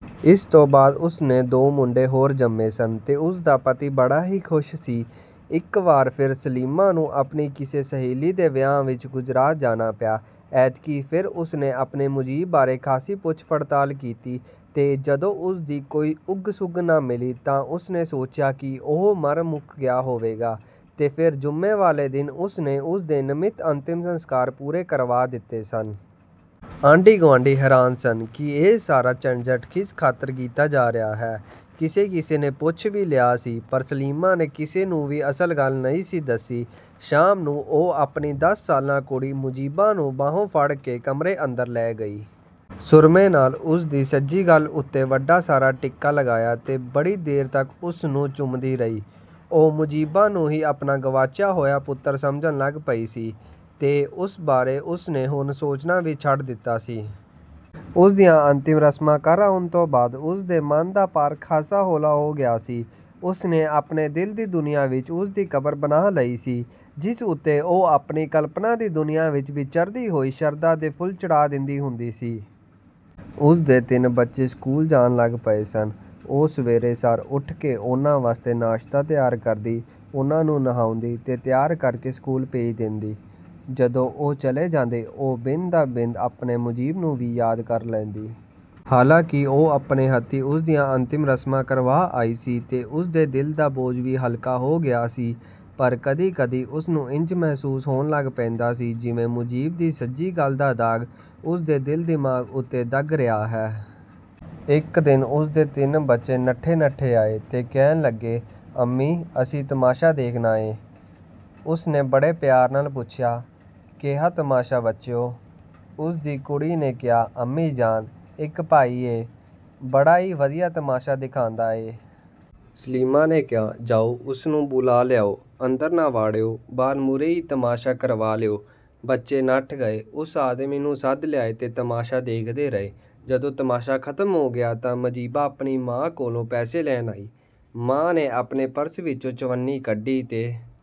ਇਸ ਤੋਂ ਬਾਅਦ ਉਸਨੇ ਦੋ ਮੁੰਡੇ ਹੋਰ ਜੰਮੇ ਸਨ ਤੇ ਉਸਦਾ ਪਤੀ ਬੜਾ ਹੀ ਖੁਸ਼ ਸੀ। ਇਕ ਵਾਰੀ ਫੇਰ ਸਲੀਮਾ ਨੂੰ ਆਪਣੀ ਕਿਸੇ ਸਹੇਲੀ ਦੇ ਵਿਆਹ ਵਿਚ ਗੁਜਰਾਤ ਜਾਣਾ ਪਿਆ। ਐਤਕੀਂ ਫੇਰ ਉਸਨੇ ਆਪਣੇ ਮੁਜੀਬ ਬਾਰੇ ਖਾਸੀ ਪੁੱਛ-ਪੜਤਾਲ ਕੀਤੀ ਤੇ ਜਦੋਂ ਉਸਦੀ ਕੋਈ ਉੱਗ-ਸੁੱਘ ਨਾ ਮਿਲੀ ਤਾਂ ਉਸਨੇ ਸੋਚਿਆ ਕਿ ਉਹ ਮਰ-ਮੁੱਕ ਗਿਆ ਹੋਏਗਾ ਤੇ ਫੇਰ ਜੁਮੇ ਵਾਲੇ ਦਿਨ ਉਸਨੇ ਉਸਦੇ ਨਮਿੱਤ ਅੰਤਿਮ ਸੰਸਕਾਰ ਪੂਰੇ ਕਰਵਾ ਦਿੱਤੇ ਸਨ। ਆਂਢੀ-ਗੁਆਂਢੀ ਹੈਰਾਨ ਸਨ ਕਿ ਇਹ ਸਾਰਾ ਝੰਜਟ ਕਿਸ ਖਾਤਰ ਕੀਤਾ ਜਾ ਰਿਹਾ ਹੈ! ਕਿਸੇ ਕਿਸੇ ਨੇ ਪੁੱਛ ਵੀ ਲਿਆ ਸੀ, ਪਰ ਸਲੀਮਾ ਨੇ ਕਿਸੇ ਨੂੰ ਵੀ ਅਸਲ ਗੱਲ ਨਹੀਂ ਸੀ ਦੱਸੀ। ਸ਼ਾਮ ਨੂੰ ਉਹ ਆਪਣੀ ਦਸ ਸਾਲਾ ਕੁੜੀ ਮੁਜੀਬਾ ਨੂੰ ਬਾਹੋਂ ਫੜ੍ਹ ਕੇ ਕਮਰੇ ਅੰਦਰ ਲੈ ਗਈ। ਸੁਰਮੇ ਨਾਲ ਉਸਦੀ ਸੱਜੀ ਗੱਲ੍ਹ ਉੱਤੇ ਵੱਡਾ ਸਾਰਾ ਟਿੱਕਾ ਲਗਾਇਆ ਤੇ ਬੜੀ ਦੇਰ ਤੱਕ ਉਸਨੂੰ ਚੁੰਮਦੀ ਰਹੀ। ਉਹ ਮੁਜੀਬਾ ਨੂੰ ਹੀ ਆਪਣਾ ਗਵਾਚਿਆ ਹੋਇਆ ਪੁੱਤਰ ਸਮਝਣ ਲੱਗ ਪਈ ਸੀ ਤੇ ਉਸ ਬਾਰੇ ਉਸਨੇ ਹੁਣ ਸੋਚਣਾ ਵੀ ਛੱਡ ਦਿੱਤਾ ਸੀ। ਉਸਦੀਆਂ ਅੰਤਮ ਰਸਮਾਂ ਕਰ ਆਉਣ ਤੋਂ ਬਾਅਦ ਉਸਦੇ ਮਨ ਦਾ ਭਾਰ ਖਾਸਾ ਹੌਲਾ ਹੋ ਗਿਆ ਸੀ। ਉਸਨੇ ਆਪਣੇ ਦਿਲ ਦੀ ਦੁਨੀਆਂ ਵਿਚ ਉਸ ਦੀ ਕਬਰ ਬਣਾਅ ਲਈ ਸੀ, ਜਿਸ ਉੱਤੇ ਉਹ ਆਪਣੀ ਕਲਪਣਾ ਦੀ ਦੁਨੀਆਂ ਵਿਚ ਵਿਚਰਦੀ ਹੋਈ ਸ਼ਰਧਾ ਦੇ ਫੁੱਲ ਚੜ੍ਹਾ ਦਿੰਦੀ ਹੁੰਦੀ ਸੀ। ਉਸਦੇ ਤਿੰਨੇ ਬੱਚੇ ਸਕੂਲ ਜਾਣ ਲੱਗ ਪਏ ਸਨ। ਉਹ ਸਵੇਰ ਸਾਰ ਉੱਠ ਕੇ ਉਹਨਾਂ ਵਾਸਤੇ ਨਾਸ਼ਤਾ ਤਿਆਰ ਕਰਦੀ, ਉਹਨਾਂ ਨੂੰ ਨੁਹਾਉਂਦੀ ਤੇ ਤਿਆਰ ਕਰਕੇ ਸਕੂਲ ਭੇਜ ਦਿੰਦੀ। ਜਦੋਂ ਉਹ ਚਲੇ ਜਾਂਦੇ, ਉਹ ਬਿੰਦ ਦਾ ਬਿੰਦ ਆਪਣੇ ਮੁਜੀਬ ਨੂੰ ਵੀ ਯਾਦ ਕਰ ਲੈਂਦੀ। ਹਾਲਾਂਕਿ ਉਹ ਆਪਣੇ ਹੱਥੀਂ ਉਸਦੀਆਂ ਅੰਤਿਮ ਰਸਮਾਂ ਕਰਵਾ ਆਈ ਸੀ ਤੇ ਉਸਦੇ ਦਿਲ ਦਾ ਬੋਝ ਵੀ ਹਲਕਾ ਹੋ ਗਿਆ ਸੀ, ਪਰ ਕਦੀ ਕਦੀ ਉਸਨੂੰ ਇੰਜ ਮਹਿਸੂਸ ਹੋਣ ਲੱਗ ਪੈਂਦਾ ਸੀ ਜਿਵੇਂ ਮੁਜੀਬ ਦੀ ਸੱਜੀ ਗੱਲ੍ਹ ਦਾ ਦਾਗ਼ ਉਸਦੇ ਦਿਲ ਦਿਮਾਗ਼ ਉੱਤੇ ਦਗ਼ ਰਿਹਾ ਹੈ। ਇਕ ਦਿਨ ਉਸਦੇ ਤਿੰਨੇ ਬੱਚੇ ਨੱਠੇ ਨੱਠੇ ਆਏ ਤੇ ਕਹਿਣ ਲੱਗੇ, "ਅੰਮੀ, ਅਸੀਂ ਤਮਾਸ਼ਾ ਦੇਖਣਾ ਏਂ।" ਉਸਨੇ ਬੜੇ ਪਿਆਰ ਨਾਲ ਪੁੱਛਿਆ, "ਕੇਹਾ ਤਮਾਸ਼ਾ ਬੱਚਿਓ?" ਉਸਦੀ ਕੁੜੀ ਨੇ ਕਿਹਾ, "ਅੰਮੀ ਜਾਨ, ਇਕ ਭਾਈ ਏ, ਬੜਾ ਈ ਵਧੀਆ ਤਮਾਸ਼ਾ ਦਿਖਾਂਦਾ ਏ।" ਸਲੀਮਾ ਨੇ ਕਿਹਾ, "ਜਾਓ ਉਸਨੂੰ ਬੁਲਾ ਲਿਆਓ। ਅੰਦਰ ਨਾ ਵਾੜਿਓ, ਬਾਰ ਮੂਹਰੇ ਈ ਤਮਾਸ਼ਾ ਕਰਵਾ ਲਿਓ।" ਬੱਚੇ ਨੱਠ ਗਏ। ਉਸ ਆਦਮੀ ਨੂੰ ਸੱਦ ਲਿਆਏ ਤੇ ਤਮਾਸ਼ਾ ਦੇਖਦੇ ਰਹੇ। ਜਦੋਂ ਤਮਾਸ਼ਾ ਖਤਮ ਹੋ ਗਿਆ ਤਾਂ ਮਜੀਬਾ ਆਪਣੀ ਮਾਂ ਕੋਲੋਂ ਪੈਸੇ ਲੈਣ ਆਈ। ਮਾਂ ਨੇ ਆਪਣੇ ਪਰਸ ਵਿਚੋਂ ਚਵੱਨੀ ਕੱਢੀ ਤੇ